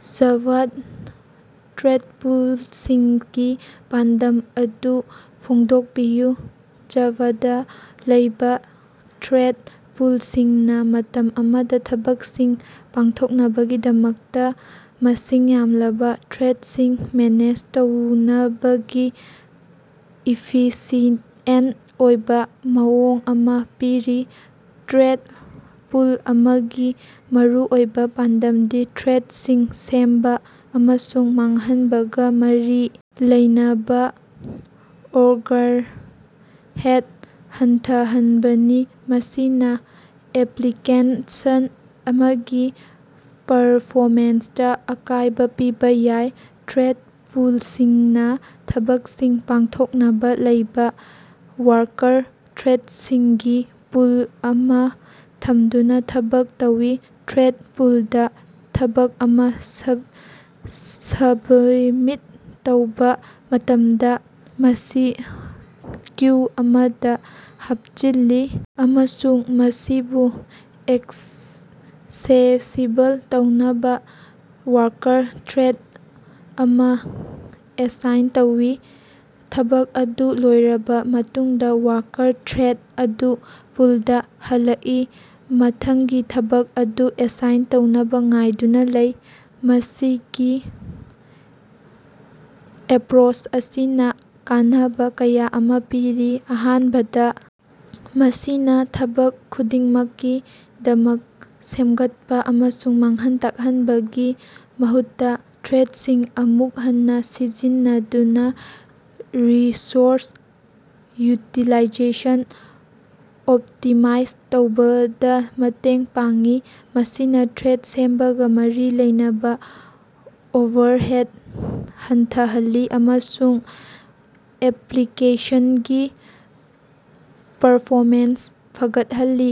ꯖꯥꯚꯥꯗ ꯊ꯭ꯔꯦꯠꯄꯨꯜꯁꯤꯡꯒꯤ ꯄꯥꯟꯗꯝ ꯑꯗꯨ ꯐꯣꯡꯗꯣꯛꯄꯤꯌꯨ꯫ ꯖꯥꯚꯥꯗꯥ ꯂꯩꯕꯥ ꯊ꯭ꯔꯦꯠ ꯄꯨꯜꯁꯤꯡꯅꯥ ꯃꯇꯝ ꯑꯃꯗꯥ ꯊꯕꯛꯁꯤꯡ ꯄꯥꯡꯊꯣꯛꯅꯕꯒꯤꯗꯃꯛ ꯃꯁꯤꯡ ꯌꯥꯝꯂꯕꯥ ꯊ꯭ꯔꯦꯠꯁꯤꯡ ꯃꯦꯅꯦꯖ ꯇꯧꯅꯕꯒꯤ ꯏꯐꯤꯁꯤꯑꯦꯟꯇ ꯑꯣꯏꯕꯥ ꯃꯑꯣꯡ ꯑꯃꯥ ꯄꯤꯔꯤ꯫ ꯊ꯭ꯔꯦꯠ ꯄꯨꯜ ꯑꯃꯒꯤ ꯃꯔꯨꯑꯣꯏꯕꯥ ꯄꯥꯟꯗꯝꯗꯤ ꯊ꯭ꯔꯦꯠꯁꯤꯡ ꯁꯦꯝꯕꯥ ꯑꯃꯁꯨꯡ ꯃꯥꯡꯍꯟꯕꯒꯥ ꯃꯔꯤ ꯂꯩꯅꯕꯥ ꯑꯣꯚꯔꯍꯦꯗ ꯍꯟꯊꯍꯟꯕꯅꯤ, ꯃꯁꯤꯅꯥ ꯑꯦꯄ꯭ꯂꯤꯀꯦꯁꯟ ꯑꯃꯒꯤ ꯄꯔꯐꯣꯃꯦꯟꯁꯇꯥ ꯑꯀꯥꯏꯕꯥ ꯄꯤꯕꯥ ꯌꯥꯏ꯫ ꯊ꯭ꯔꯦꯠ ꯄꯨꯜꯁꯤꯡꯅꯥ ꯊꯕꯛꯁꯤꯡ ꯄꯥꯡꯊꯣꯛꯅꯕꯥ ꯂꯩꯕꯥ ꯋꯥꯔꯀꯔ ꯊ꯭ꯔꯦꯗꯁꯤꯡꯒꯤ ꯄꯨꯜ ꯑꯃꯥ ꯊꯝꯗꯨꯅꯥ ꯊꯕꯛ ꯇꯧꯏ꯫ ꯊ꯭ꯔꯦꯠ ꯄꯨꯜꯗꯥ ꯊꯕꯛ ꯑꯃꯥ ꯁꯕꯃꯤꯠ ꯇꯧꯕꯥ ꯃꯇꯝꯗꯥ, ꯃꯁꯤ ꯀ꯭ꯌꯨ ꯑꯃꯗꯥ ꯍꯥꯞꯆꯤꯜꯂꯤ ꯑꯃꯁꯨꯡ ꯃꯁꯤꯕꯨ ꯑꯦꯛꯁꯦꯁꯤꯕꯜ ꯇꯧꯅꯕꯥ ꯋꯥꯔꯀꯔ ꯊ꯭ꯔꯦꯠ ꯑꯃꯥ ꯑꯦꯁꯥꯏꯟ ꯇꯧꯏ꯫ ꯊꯕꯛ ꯑꯗꯨ ꯂꯣꯏꯔꯕꯥ ꯃꯇꯨꯡꯗꯥ, ꯋꯥꯔꯀꯔ ꯊ꯭ꯔꯦꯠ ꯑꯗꯨ ꯄꯨꯜꯗꯥ ꯍꯜꯂꯛꯏ, ꯃꯊꯪꯒꯤ ꯊꯕꯛ ꯑꯗꯨ ꯑꯦꯁꯥꯏꯟ ꯇꯧꯅꯕꯥ ꯉꯥꯏꯗꯨꯅꯥ ꯂꯩ꯫ ꯃꯁꯤꯒꯤ ꯑꯦꯄ꯭ꯔꯣꯆ ꯑꯁꯤꯅꯥ ꯀꯥꯟꯅꯕꯥ ꯀꯌꯥ ꯑꯃꯥ ꯄꯤꯔꯤ꯫ ꯑꯍꯥꯟꯕꯗꯥ, ꯃꯁꯤꯅꯥ ꯊꯕꯛ ꯈꯨꯗꯤꯡꯃꯛꯀꯤꯗꯃꯛ ꯁꯦꯝꯒꯠꯄꯥ ꯑꯃꯁꯨꯡ ꯃꯥꯡꯍꯟ ꯇꯥꯛꯍꯟꯕꯒꯤ ꯃꯍꯨꯠꯇꯥ, ꯊ꯭ꯔꯦꯠꯁꯤꯡ ꯑꯃꯨꯛ ꯍꯟꯅꯥ ꯁꯤꯖꯤꯟꯅꯗꯨꯅꯥ ꯔꯤꯁꯣꯔꯁ ꯌꯨꯇꯤꯂꯥꯏꯖꯦꯁꯟ ꯑꯣꯞꯇꯤꯃꯥꯏꯖ ꯇꯧꯕꯗꯥ ꯃꯇꯦꯡ ꯄꯥꯡꯏ꯫ ꯃꯁꯤꯅꯥ ꯊ꯭ꯔꯦꯠ ꯁꯦꯝꯕꯒꯥ ꯃꯔꯤ ꯂꯩꯅꯕꯥ ꯑꯣꯚꯔꯍꯦꯠ ꯍꯟꯊꯍꯜꯂꯤ ꯑꯃꯁꯨꯡ ꯑꯦꯄ꯭ꯂꯤꯀꯦꯁꯟꯒꯤ ꯄꯔꯐꯣꯃꯦꯟꯁ ꯐꯒꯠꯍꯜꯂꯤ꯫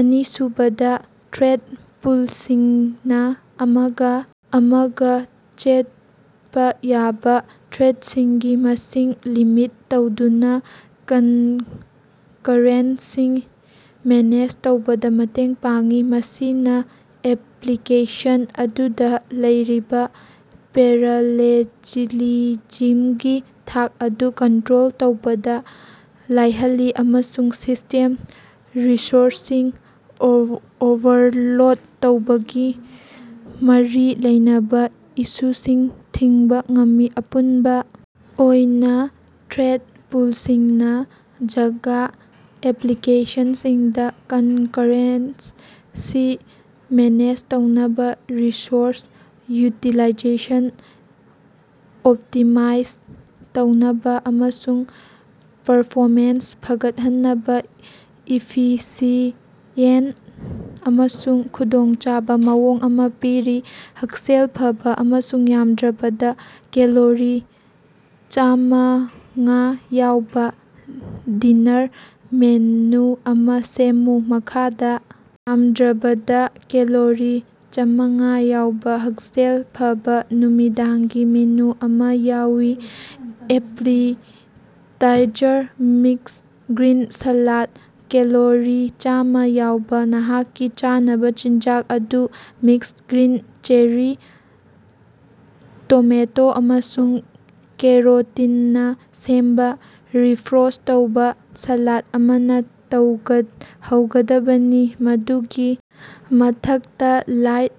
ꯑꯅꯤꯁꯨꯕꯗꯥ, ꯊ꯭ꯔꯦꯠ ꯄꯨꯜꯁꯤꯡꯅꯥ ꯑꯃꯒꯥ ꯑꯃꯒꯥ ꯆꯠꯄꯥ ꯌꯥꯕꯥ ꯊ꯭ꯔꯦꯠꯁꯤꯡꯒꯤ ꯃꯁꯤꯡ ꯂꯤꯃꯤꯠ ꯇꯧꯗꯨꯅꯥ ꯀꯟꯀꯔꯦꯟꯁꯤ ꯃꯦꯅꯦꯖ ꯇꯧꯕꯗꯥ ꯃꯇꯦꯡ ꯄꯥꯡꯏ꯫ ꯃꯁꯤꯅꯥ ꯑꯦꯄ꯭ꯂꯤꯀꯦꯁꯟ ꯑꯗꯨꯗꯥ ꯂꯩꯔꯤꯕꯥ ꯄꯦꯔꯥꯂꯦꯂꯤꯖꯝꯒꯤ ꯊꯥꯛ ꯑꯗꯨ ꯀꯟꯇ꯭ꯔꯣꯜ ꯇꯧꯕꯗꯥ ꯂꯥꯏꯍꯜꯂꯤ ꯑꯃꯁꯨꯡ ꯁꯤꯁꯇꯦꯝ ꯔꯤꯁꯣꯔꯁꯁꯤꯡ ꯑꯣꯚꯔꯂꯣꯗ ꯇꯧꯕꯒꯥ ꯃꯔꯤ ꯂꯩꯅꯕꯥ ꯏꯁꯨꯁꯤꯡ ꯊꯤꯡꯕꯥ ꯉꯝꯃꯤ꯫ ꯑꯄꯨꯟꯕꯥ ꯑꯣꯏꯅꯥ, ꯊ꯭ꯔꯦꯠ ꯄꯨꯜꯁꯤꯡꯅꯥ ꯖꯥꯚꯥ ꯑꯦꯄ꯭ꯂꯤꯀꯦꯁꯟꯁꯤꯡꯗꯥ ꯀꯟꯀꯔꯦꯟꯁꯤ ꯃꯦꯅꯦꯖ ꯇꯧꯅꯕꯥ, ꯔꯤꯁꯣꯔꯁ ꯌꯨꯇꯤꯂꯥꯏꯖꯦꯁꯟ ꯑꯣꯞꯇꯤꯃꯥꯏꯖ ꯇꯧꯅꯕꯥ ꯑꯃꯁꯨꯡ ꯄꯔꯐꯣꯃꯦꯟꯁ ꯐꯒꯠꯍꯟꯅꯕꯥ ꯏꯐꯤꯁꯤꯑꯦꯟꯇ ꯑꯃꯁꯨꯡ ꯈꯨꯗꯣꯡꯆꯥꯕꯥ ꯃꯑꯣꯡ ꯑꯃꯥ ꯄꯤꯔꯤ꯫ ꯍꯛꯁꯦꯜ ꯐꯕꯥ ꯑꯃꯁꯨꯡ ꯌꯥꯝꯗ꯭ꯔꯕꯗꯥ ꯀꯦꯂꯣꯔꯤ ꯆꯥꯝꯃꯉꯥ ꯌꯥꯎꯕꯥ ꯗꯤꯅꯥꯔ ꯃꯦꯅꯨ ꯑꯃꯥ ꯁꯦꯝꯃꯨ꯫ ꯃꯈꯥꯗꯥ ꯌꯥꯝꯗ꯭ꯔꯕꯗꯥ ꯀꯦꯂꯣꯔꯤ ꯆꯥꯝꯃꯉꯥ ꯌꯥꯎꯕꯥ ꯍꯛꯁꯦꯜ ꯐꯕꯥ ꯅꯨꯃꯤꯗꯥꯡꯒꯤ ꯃꯦꯅꯨ ꯑꯃꯥ ꯌꯥꯎꯏ꯫ Appetizer: mix green salad calorie ꯆꯥꯝꯃꯥ ꯌꯥꯎꯕꯥ, ꯅꯍꯥꯛꯀꯤ ꯆꯥꯅꯕꯥ ꯆꯤꯟꯖꯥꯛ ꯑꯗꯨ ꯃꯤꯛꯁ ꯒ꯭ꯔꯤꯟ, ꯆꯦꯔꯤ ꯇꯣꯃꯦꯇꯣ ꯑꯃꯁꯨꯡ ꯀꯦꯔꯣꯇꯤꯟꯅꯥ ꯁꯦꯝꯕꯥ ꯔꯤꯐ꯭ꯔꯦꯁ ꯇꯧꯔꯕꯥ ꯁꯥꯂꯥꯠ ꯑꯃꯅꯥ ꯍꯧꯒꯗꯕꯅꯤ, ꯃꯗꯨꯒꯤ ꯃꯊꯛꯇꯥ ꯂꯥꯏꯠ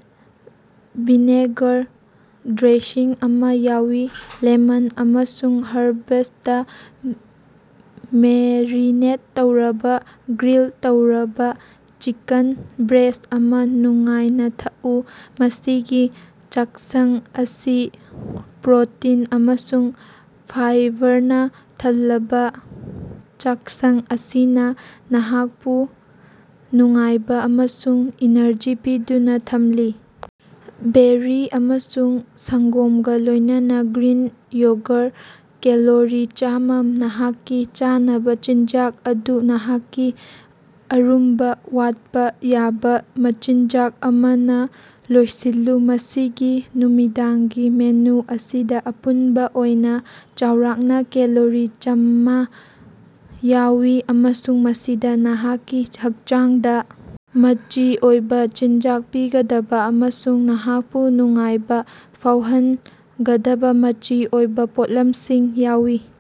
ꯚꯤꯅꯦꯒ꯭ꯔꯦꯠ ꯗ꯭ꯔꯦꯁꯤꯡ ꯑꯃꯥ ꯌꯥꯎꯏ꯫ ꯂꯦꯃꯟ ꯑꯃꯁꯨꯡ ꯍꯔꯕꯁꯇꯥ ꯃꯦꯔꯤꯅꯦꯠ ꯇꯧꯔꯕꯥ ꯒ꯭ꯔꯤꯜ ꯇꯧꯔꯕꯥ ꯆꯤꯀꯟ ꯕ꯭ꯔꯦꯁ ꯑꯃꯥ ꯅꯨꯡꯉꯥꯏꯅꯥ ꯊꯛꯎ꯫ ꯃꯁꯤꯒꯤ ꯆꯥꯛꯁꯪ ꯑꯁꯤ ꯄ꯭ꯔꯣꯇꯤꯟ ꯑꯃꯁꯨꯡ ꯐꯥꯏꯕꯔꯅꯥ ꯊꯜꯂꯕꯥ ꯆꯥꯛꯁꯪ ꯑꯁꯤꯅꯥ ꯅꯍꯥꯛꯄꯨ ꯅꯨꯡꯉꯥꯏꯕꯥ ꯑꯃꯁꯨꯡ ꯏꯅꯔꯖꯤ ꯄꯤꯗꯨꯅꯥ ꯊꯝꯂꯤ꯫ ꯕꯦꯔꯤ ꯑꯃꯁꯨꯡ ꯁꯪꯒꯣꯝꯒꯥ ꯂꯣꯏꯅꯅꯥ ꯒ꯭ꯔꯤꯟ ꯌꯣꯒꯔ ꯀꯦꯂꯣꯔꯤ ꯆꯥꯝꯃꯥ ꯅꯍꯥꯛꯀꯤ ꯆꯥꯅꯕꯥ ꯆꯤꯟꯖꯥꯛ ꯑꯗꯨ ꯅꯍꯥꯛꯀꯤ ꯑꯔꯨꯝꯕꯥ ꯋꯥꯠꯄꯥ ꯌꯥꯕꯥ ꯃꯆꯤꯟꯖꯥꯛ ꯑꯃꯅꯥ ꯂꯣꯏꯁꯤꯜꯂꯨ꯫ ꯃꯁꯤꯒꯤ ꯅꯨꯃꯤꯗꯥꯡꯒꯤ ꯃꯦꯅꯨ ꯑꯁꯤꯗꯥ ꯑꯄꯨꯟꯕꯥ ꯑꯣꯏꯅꯥ ꯆꯥꯎꯔꯥꯛꯅꯥ ꯀꯦꯂꯣꯔꯤ ꯆꯥꯝꯃꯥ ꯌꯥꯎꯏ ꯑꯃꯁꯨꯡ ꯃꯁꯤꯗꯥ ꯅꯍꯥꯛꯀꯤ ꯍꯛꯆꯥꯡꯗꯥ ꯃꯆꯤ ꯑꯣꯏꯕꯥ ꯆꯤꯟꯖꯥꯛ ꯄꯤꯒꯗꯕꯥ ꯑꯃꯁꯨꯡ ꯅꯍꯥꯛꯄꯨ ꯅꯨꯡꯉꯥꯏꯕꯥ ꯐꯥꯎꯍꯟꯒꯗꯕꯥ ꯃꯆꯤ ꯑꯣꯏꯕꯥ ꯄꯣꯠꯂꯝꯁꯤꯡ ꯌꯥꯎꯏ꯫